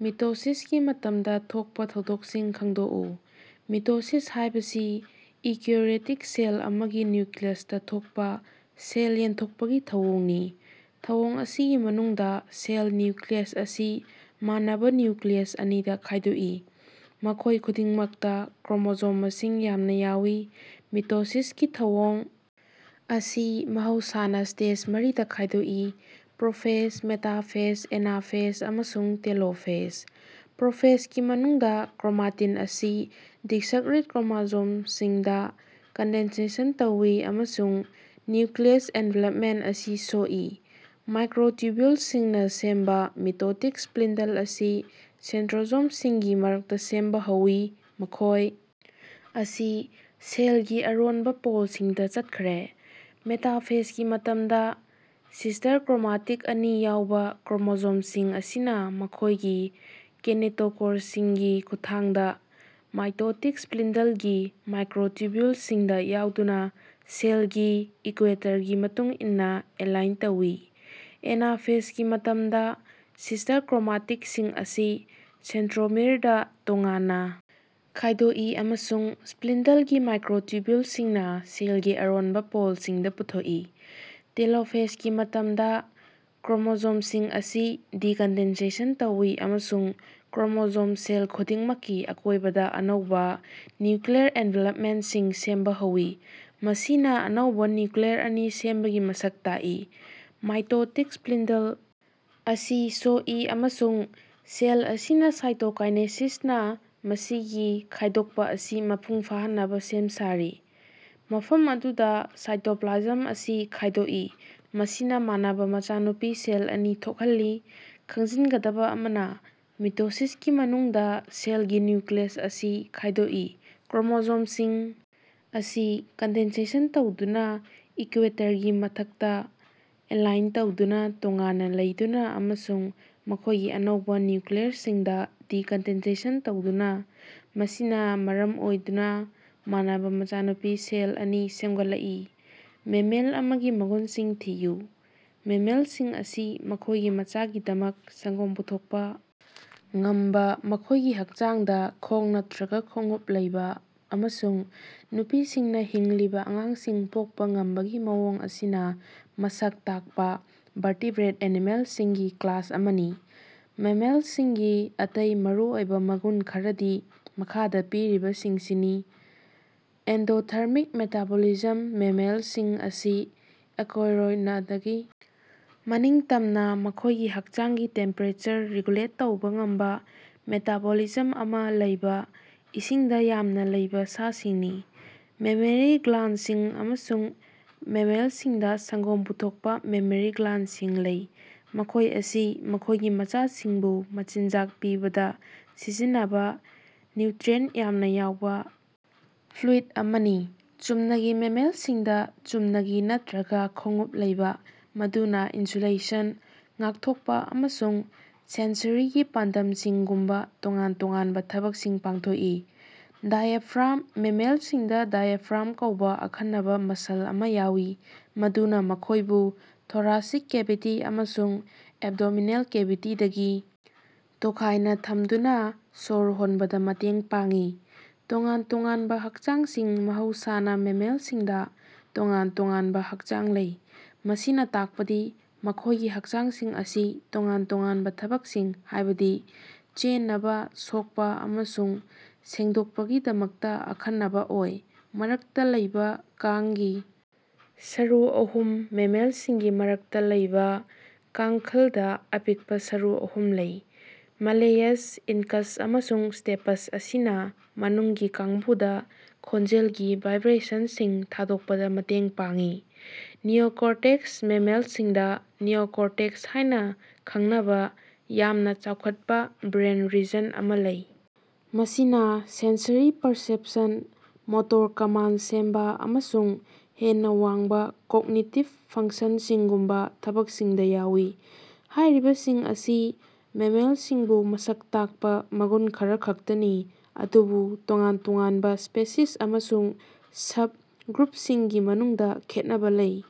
ꯃꯤꯇꯣꯁꯤꯁꯀꯤ ꯃꯇꯝꯗꯥ ꯊꯣꯛꯄꯥ ꯊꯧꯗꯣꯛꯁꯤꯡ ꯈꯪꯗꯣꯛꯎ꯫ ꯃꯤꯇꯣꯁꯤꯁ ꯍꯥꯏꯕꯁꯤ ꯏꯎꯀꯦꯔꯤꯑꯣꯇꯤꯛ ꯁꯦꯜ ꯑꯃꯒꯤ ꯅ꯭ꯌꯨꯛꯂꯤꯌꯁꯇꯥ ꯊꯣꯛꯄ ꯁꯦꯜ ꯌꯦꯟꯊꯣꯛꯄꯒꯤ ꯊꯧꯑꯣꯡꯅꯤ꯫ ꯊꯧꯑꯣꯡ ꯑꯁꯤꯒꯤ ꯃꯅꯨꯡꯗꯥ ꯁꯦꯜꯒꯤ ꯅ꯭ꯌꯨꯛꯂꯤꯌꯁ ꯑꯁꯤ ꯃꯥꯟꯅꯕꯥ ꯅ꯭ꯌꯨꯛꯂꯤꯌꯁ ꯑꯅꯤꯗꯥ ꯈꯥꯏꯗꯣꯛꯏ, ꯃꯈꯣꯏ ꯈꯨꯗꯤꯡꯃꯛꯇꯥ ꯀ꯭ꯔꯣꯃꯣꯖꯣꯝ ꯃꯁꯤꯡ ꯌꯥꯝꯅ ꯌꯥꯎꯏ꯫ ꯃꯤꯇꯣꯁꯤꯁꯀꯤ ꯊꯧꯑꯣꯡ ꯑꯁꯤ ꯃꯍꯧꯁꯥꯅꯥ ꯁ꯭ꯇꯦꯖ ꯃꯔꯤꯗꯥ ꯈꯥꯏꯗꯣꯛꯏ ꯄ꯭ꯔꯣꯐꯦꯖ, ꯃꯦꯇꯥꯐꯦꯖ, ꯑꯦꯅꯥꯐꯦꯖ ꯑꯃꯁꯨꯡ ꯇꯦꯂꯣꯐꯦꯖ꯫ ꯄ꯭ꯔꯣꯐꯦꯖꯒꯤ ꯃꯅꯨꯡꯗꯥ ꯀ꯭ꯔꯣꯃꯥꯇꯤꯟ ꯑꯁꯤ ꯗꯤꯁꯛꯔꯤꯠ ꯀ꯭ꯔꯣꯃꯣꯖꯣꯝꯁꯤꯡꯗꯥ ꯀꯟꯗꯦꯟꯁꯦꯁꯟ ꯇꯧꯏ ꯑꯃꯁꯨꯡ ꯅ꯭ꯌꯨꯛꯂꯤꯌꯁ ꯑꯦꯅꯚꯦꯂꯄꯃꯦꯟꯇ ꯑꯁꯤ ꯁꯣꯛꯏ꯫ ꯃꯥꯏꯀ꯭ꯔꯣꯇꯨꯕꯤꯎꯂꯁꯤꯡꯅꯥ ꯁꯦꯝꯕꯥ ꯃꯤꯇꯣꯇꯤꯛ ꯁ꯭ꯄꯤꯟꯗꯜ ꯑꯁꯤ ꯁꯦꯟꯇꯔꯣꯁꯣꯝꯁꯤꯡꯒꯤ ꯃꯔꯛꯇꯥ ꯁꯦꯝꯕ ꯍꯧꯏ, ꯃꯈꯣꯏ ꯑꯁꯤ ꯁꯦꯜꯒꯤ ꯑꯔꯣꯟꯕ ꯄꯣꯜꯁꯤꯡꯗꯥ ꯆꯠꯈ꯭ꯔꯦ꯫ ꯃꯦꯇꯥꯐꯦꯖꯒꯤ ꯃꯇꯝꯗꯥ, ꯁꯤꯁ꯭ꯇꯔ ꯀ꯭ꯔꯣꯃꯥꯇꯤꯛ ꯑꯅꯤ ꯌꯥꯎꯕ ꯀ꯭ꯔꯣꯃꯣꯖꯣꯝꯁꯤꯡ ꯑꯁꯤꯅꯥ ꯃꯈꯣꯏꯒꯤ ꯀꯤꯅꯦꯇꯣꯀꯣꯔꯁꯤꯡꯒꯤ ꯈꯨꯠꯊꯥꯡꯗꯥ ꯃꯥꯏꯇꯣꯇꯤꯛ ꯁ꯭ꯄꯤꯟꯗꯂꯒꯤ ꯃꯥꯏꯀꯔꯣꯇꯨꯕꯤꯎꯂꯁꯤꯡꯗꯥ ꯌꯥꯎꯗꯨꯅꯥ ꯁꯦꯜꯒꯤ ꯏꯛꯌꯨꯏꯇꯔꯒꯤ ꯃꯇꯨꯡ ꯏꯟꯅꯥ ꯑꯦꯂꯥꯏꯟ ꯇꯧꯏ꯫ ꯑꯦꯅꯥꯐꯦꯖꯒꯤ ꯃꯇꯝꯗꯥ, ꯁꯤꯁ꯭ꯇꯔ ꯀ꯭ꯔꯣꯃꯥꯇꯤꯛꯁꯤꯡ ꯑꯁꯤ ꯁꯦꯟꯇꯔꯣꯃꯤꯔꯗꯥ ꯇꯣꯉꯥꯟꯅꯥ ꯈꯥꯏꯗꯣꯛꯏ, ꯑꯃꯁꯨꯡ ꯁ꯭ꯄꯤꯟꯗꯂꯒꯤ ꯃꯥꯏꯀꯔꯣꯇꯨꯕꯤꯎꯂꯁꯤꯡꯅꯥ ꯁꯦꯜꯒꯤ ꯑꯔꯣꯟꯕꯥ ꯄꯣꯜꯁꯤꯡꯗꯥ ꯄꯨꯊꯣꯛꯏ꯫ ꯇꯦꯂꯣꯐꯦꯖꯒꯤ ꯃꯇꯝꯗꯥ ꯀ꯭ꯔꯣꯃꯣꯖꯣꯝꯁꯤꯡ ꯑꯁꯤ ꯗꯤ-ꯀꯟꯗꯦꯟꯁꯟ ꯇꯧꯏ, ꯑꯃꯁꯨꯡ ꯀ꯭ꯔꯣꯃꯣꯖꯣꯝ ꯁꯦꯜ ꯈꯨꯗꯤꯡꯃꯛꯀꯤ ꯑꯀꯣꯏꯕꯗꯥ ꯑꯅꯧꯕꯥ ꯅ꯭ꯌꯨꯛꯂꯤꯌꯔ ꯑꯦꯅꯚꯦꯂꯄꯃꯦꯟꯇꯁꯤꯡ ꯁꯦꯝꯕꯥ ꯍꯧꯏ, ꯃꯁꯤꯅꯥ ꯑꯅꯧꯕꯥ ꯅ꯭ꯌꯨꯛꯂꯤꯌꯔ ꯑꯅꯤ ꯁꯦꯝꯕꯒꯤ ꯃꯁꯛ ꯇꯥꯛꯏ꯫ ꯃꯥꯏꯇꯣꯇꯤꯛ ꯁ꯭ꯄꯤꯟꯗꯜ ꯑꯁꯤ ꯁꯣꯛꯏ ꯑꯃꯁꯨꯡ ꯁꯦꯜ ꯑꯁꯤꯅꯥ ꯁꯥꯏꯇꯣꯀꯤꯅꯦꯁꯤꯁꯅꯥ ꯃꯁꯤꯒꯤ ꯈꯥꯏꯗꯣꯛꯄꯥ ꯑꯁꯤ ꯃꯄꯨꯡ ꯐꯥꯍꯟꯅꯕꯥ ꯁꯦꯝ ꯁꯥꯔꯤ, ꯃꯐꯝ ꯑꯗꯨꯗꯥ ꯁꯥꯏꯇꯣꯞꯂꯥꯖꯝ ꯑꯁꯤ ꯈꯥꯏꯗꯣꯛꯏ, ꯃꯁꯤꯅꯥ ꯃꯥꯟꯅꯕꯥ ꯃꯆꯥꯅꯨꯄꯤ ꯁꯦꯜ ꯑꯅꯤ ꯊꯣꯛꯍꯜꯂꯤ꯫ ꯈꯪꯖꯤꯟꯒꯗꯕ ꯑꯃꯅꯥ, ꯃꯤꯇꯣꯁꯤꯁꯀꯤ ꯃꯅꯨꯡꯗꯥ, ꯁꯦꯜꯒꯤ ꯅ꯭ꯌꯨꯛꯂꯤꯌꯁ ꯑꯁꯤ ꯈꯥꯏꯗꯣꯛꯏ, ꯀ꯭ꯔꯣꯃꯣꯖꯣꯝꯁꯤꯡ ꯑꯁꯤ ꯀꯟꯗꯦꯟꯁꯦꯁꯟ ꯇꯧꯗꯨꯅꯥ ꯏꯛꯌꯨꯏꯇꯔꯒꯤ ꯃꯊꯛꯇꯥ ꯑꯦꯂꯥꯏꯟ ꯇꯧꯗꯨꯅꯥ, ꯇꯣꯉꯥꯟꯅꯥ ꯂꯩꯗꯨꯅꯥ ꯑꯃꯁꯨꯡ ꯃꯈꯣꯏꯒꯤ ꯑꯅꯧꯕ ꯅ꯭ꯌꯨꯛꯂꯤꯌꯔꯁꯤꯡꯗꯥ ꯗꯤ-ꯀꯟꯗꯦꯟꯁꯦꯁꯟ ꯇꯧꯗꯨꯅꯥ, ꯃꯁꯤꯅꯥ ꯃꯔꯝ ꯑꯣꯏꯗꯨꯅꯥ ꯃꯥꯟꯅꯕꯥ ꯃꯆꯥꯅꯨꯄꯤ ꯁꯦꯜ ꯑꯅꯤ ꯁꯦꯝꯒꯠꯂꯛꯏ꯫ ꯃꯥꯝꯃꯦꯜ ꯑꯃꯒꯤ ꯃꯒꯨꯟꯁꯤꯡ ꯊꯤꯌꯨ꯫ ꯃꯥꯝꯃꯦꯜꯁꯤꯡ ꯑꯁꯤ ꯃꯈꯣꯏꯒꯤ ꯃꯆꯥꯁꯤꯡꯒꯤꯗꯃꯛꯇꯥ ꯁꯪ꯭ꯒꯣꯝ ꯄꯨꯊꯣꯛꯄꯥ ꯉꯝꯕꯥ, ꯃꯈꯣꯏꯒꯤ ꯍꯛꯆꯥꯡꯗꯥ ꯈꯣꯡ ꯅꯠꯇ꯭ꯔꯒ ꯈꯣꯡꯎꯞ ꯂꯩꯕ ꯑꯃꯁꯨꯡ ꯅꯨꯄꯤꯁꯤꯡꯅꯥ ꯍꯤꯡꯂꯤꯕ ꯑꯉꯥꯡꯁꯤꯡ ꯄꯣꯛꯄꯥ ꯉꯝꯕꯒꯤ ꯃꯑꯣꯡ ꯑꯁꯤꯅꯥ ꯃꯁꯛ ꯇꯥꯛꯄꯥ ꯚꯔꯇꯤꯕ꯭ꯔꯦꯠ ꯑꯦꯅꯤꯃꯦꯜꯁꯤꯡꯒꯤ ꯀ꯭ꯂꯥꯁ ꯑꯃꯅꯤ꯫ ꯃꯥꯝꯃꯦꯜꯁꯤꯡꯒꯤ ꯑꯇꯩ ꯃꯔꯨꯑꯣꯏꯕ ꯃꯒꯨꯟ ꯈꯔꯗꯤ ꯃꯈꯥꯗꯥ ꯄꯤꯔꯤꯕꯁꯤꯡꯁꯤꯅꯤ ꯑꯦꯟꯗꯣꯊꯔꯃꯤꯛ ꯃꯦꯇꯥꯕꯣꯂꯤꯖꯝ ꯃꯥꯝꯃꯦꯜꯁꯤꯡ ꯑꯁꯤ ꯑꯀꯣꯏꯔꯣꯅꯗꯒꯤ ꯃꯅꯤꯡꯇꯝꯅꯥ ꯃꯈꯣꯏꯒꯤ ꯍꯛꯆꯥꯡꯒꯤ ꯇꯦꯝꯄꯦꯔꯦꯆꯔ ꯔꯤꯒꯨꯂꯦꯠ ꯇꯧꯕ ꯉꯝꯕ ꯃꯦꯇꯥꯕꯣꯂꯤꯖꯝ ꯑꯃꯥ ꯂꯩꯕ ꯏꯁꯤꯡꯗ ꯌꯥꯝꯅ ꯂꯩꯕ ꯁꯥꯁꯤꯡꯅꯤ꯫ ꯃꯦꯃꯦꯔꯤ ꯒ꯭ꯜꯌꯥꯟꯗꯁꯤꯡ ꯅꯨꯄꯤ ꯃꯥꯝꯃꯦꯜꯁꯤꯡꯗꯥ ꯁꯪ꯭ꯒꯣꯝ ꯄꯨꯊꯣꯛꯄꯥ ꯃꯦꯃꯦꯔꯤ ꯒ꯭ꯜꯌꯥꯟꯗꯁꯤꯡ ꯂꯩ, ꯃꯈꯣꯌ ꯑꯁꯤ ꯃꯈꯣꯌꯒꯤ ꯃꯆꯥꯁꯤꯡꯕꯨ ꯃꯆꯤꯟꯖꯥꯛ ꯄꯤꯕꯗꯥ ꯁꯤꯖꯤꯟꯅꯕꯥ ꯅ꯭ꯌꯨꯠꯔꯤꯑꯦꯟꯇ ꯌꯥꯝꯅꯥ ꯌꯥꯎꯕꯥ ꯐ꯭ꯂꯨꯏꯗ ꯑꯃꯅꯤ꯫ ꯆꯨꯝꯅꯒꯤ ꯃꯥꯝꯃꯦꯜꯁꯤꯡꯗꯥ ꯆꯨꯝꯅꯒꯤ ꯅꯠꯇ꯭ꯔꯒ ꯈꯣꯡꯎꯞ ꯂꯩ, ꯃꯗꯨꯅꯥ ꯏꯟꯁꯨꯂꯦꯁꯟ, ꯉꯥꯛꯊꯣꯛꯄꯥ, ꯑꯃꯁꯨꯡ ꯁꯦꯟꯁꯔꯤꯒꯤ ꯄꯥꯟꯗꯝꯁꯤꯡꯒꯨꯝꯕꯥ ꯇꯣꯉꯥꯟ ꯇꯣꯉꯥꯟꯕ ꯊꯕꯛꯁꯤꯡ ꯄꯥꯡꯊꯣꯛꯏ꯫ ꯗꯥꯏꯑꯦꯐ꯭ꯔꯥꯝ ꯃꯥꯝꯃꯦꯜꯁꯤꯡꯗꯥ ꯗꯥꯏꯑꯦꯐ꯭ꯔꯥꯝ ꯀꯧꯕ ꯑꯈꯟꯅꯕꯥ ꯃꯁꯜ ꯑꯃꯥ ꯂꯩ, ꯃꯗꯨꯅꯥ ꯃꯈꯣꯏꯕꯨ ꯊꯣꯔꯥꯁꯤꯛ ꯀꯦꯚꯤꯇꯤ ꯑꯃꯁꯨꯡ ꯑꯦꯕꯗꯣꯃꯤꯅꯦꯜ ꯀꯦꯚꯤꯇꯤꯗꯒꯤ ꯇꯣꯈꯥꯏꯅꯥ ꯊꯝꯗꯨꯅꯥ ꯁ꯭ꯣꯁ ꯍꯣꯅꯕꯗꯥ ꯃꯇꯦꯡ ꯄꯥꯡꯏ꯫ ꯇꯣꯉꯥꯟ ꯇꯣꯉꯥꯟꯕꯥ ꯍꯥꯛꯆꯥꯡꯁꯤꯡ ꯃꯍꯧꯁꯥꯅꯥ ꯃꯥꯝꯃꯦꯜꯁꯤꯡꯗꯥ ꯇꯣꯉꯥꯟ ꯇꯣꯉꯥꯟꯕꯥ ꯍꯥꯛꯆꯥꯡ ꯂꯩ, ꯃꯁꯤꯅꯥ ꯇꯥꯛꯄꯗꯤ ꯃꯈꯣꯏꯒꯤ ꯍꯥꯛꯆꯥꯡꯁꯤꯡ ꯑꯁꯤ ꯇꯣꯉꯥꯟ ꯇꯣꯉꯥꯟꯕꯥ ꯊꯕꯛꯁꯤꯡ ꯍꯥꯏꯕꯗꯤ ꯆꯦꯅꯕꯥ, ꯁꯣꯛꯄꯥ ꯑꯃꯁꯨꯡ ꯁꯦꯡꯗꯣꯛꯄꯒꯤꯗꯃꯛꯇꯥ ꯑꯈꯟꯅꯕ ꯑꯣꯏ꯫ ꯃꯔꯛꯇꯥ ꯂꯩꯕ ꯀꯥꯡꯒꯤ ꯁꯔꯨ ꯑꯍꯨꯝ ꯃꯥꯝꯃꯦꯜꯁꯤꯡꯒꯤ ꯃꯔꯛꯇꯥ ꯂꯩꯕ ꯀꯥꯡꯈꯂꯗꯥ ꯑꯄꯤꯛꯄꯥ ꯁꯔꯨ ꯑꯍꯨꯝ ꯂꯩ; ꯃꯥꯂꯦꯌꯁ, ꯏꯅꯀꯁ ꯑꯃꯁꯨꯡ ꯁ꯭ꯇꯦꯄꯁ ꯑꯁꯤꯅꯥ ꯃꯅꯨꯡꯒꯤ ꯀꯥꯡꯕꯨꯗꯥ ꯈꯣꯟꯖꯦꯜꯒꯤ ꯚꯥꯏꯕ꯭ꯔꯦꯁꯅꯁꯤꯡ ꯊꯥꯗꯣꯛꯄꯗꯥ ꯃꯇꯦꯡ ꯄꯥꯡꯏ꯫ ꯅꯤꯑꯣꯀꯣꯔꯇꯦꯛꯁꯠ ꯃꯥꯝꯃꯦꯜꯁꯤꯡꯗꯥ ꯅꯤꯑꯣꯀꯣꯔꯇꯦꯛꯁ ꯍꯥꯏꯅꯥ ꯈꯪꯅꯕꯥ ꯌꯥꯝꯅ ꯆꯥꯎꯈꯠꯄ ꯕ꯭ꯔꯦꯟ ꯔꯤꯖꯟ ꯑꯃꯥ ꯂꯩ꯫ ꯃꯁꯤꯅꯥ ꯁꯦꯟꯁꯔꯤ ꯄꯔꯁꯦꯄꯁꯟ, ꯃꯣꯇꯣꯔ ꯀꯃꯥꯟꯗ ꯁꯦꯝꯕ, ꯑꯃꯁꯨꯡ ꯍꯦꯟꯅꯥ ꯋꯥꯡꯕ ꯀꯣꯒꯅꯤꯇꯤꯕ ꯐꯪꯁꯟꯁꯤꯡꯒꯨꯝꯕꯥ ꯊꯕꯛꯁꯤꯡꯗꯥ ꯌꯥꯎꯏ꯫ ꯍꯥꯏꯔꯤꯕꯁꯤꯡ ꯑꯁꯤ ꯃꯥꯝꯃꯦꯜꯁꯤꯡꯕꯨ ꯃꯁꯛ ꯇꯥꯛꯄꯥ ꯃꯒꯨꯟ ꯈꯔꯈꯛꯇꯅꯤ, ꯑꯗꯨꯕꯨ ꯇꯣꯉꯥꯟ ꯇꯣꯉꯥꯟꯕꯥ ꯁ꯭ꯄꯦꯁꯤꯁ ꯑꯃꯁꯨꯡ ꯁꯕ-ꯒ꯭ꯔꯨꯄꯁꯤꯡꯒꯤ ꯃꯅꯨꯡꯗꯥ ꯈꯦꯠꯅꯕ ꯂꯩ꯫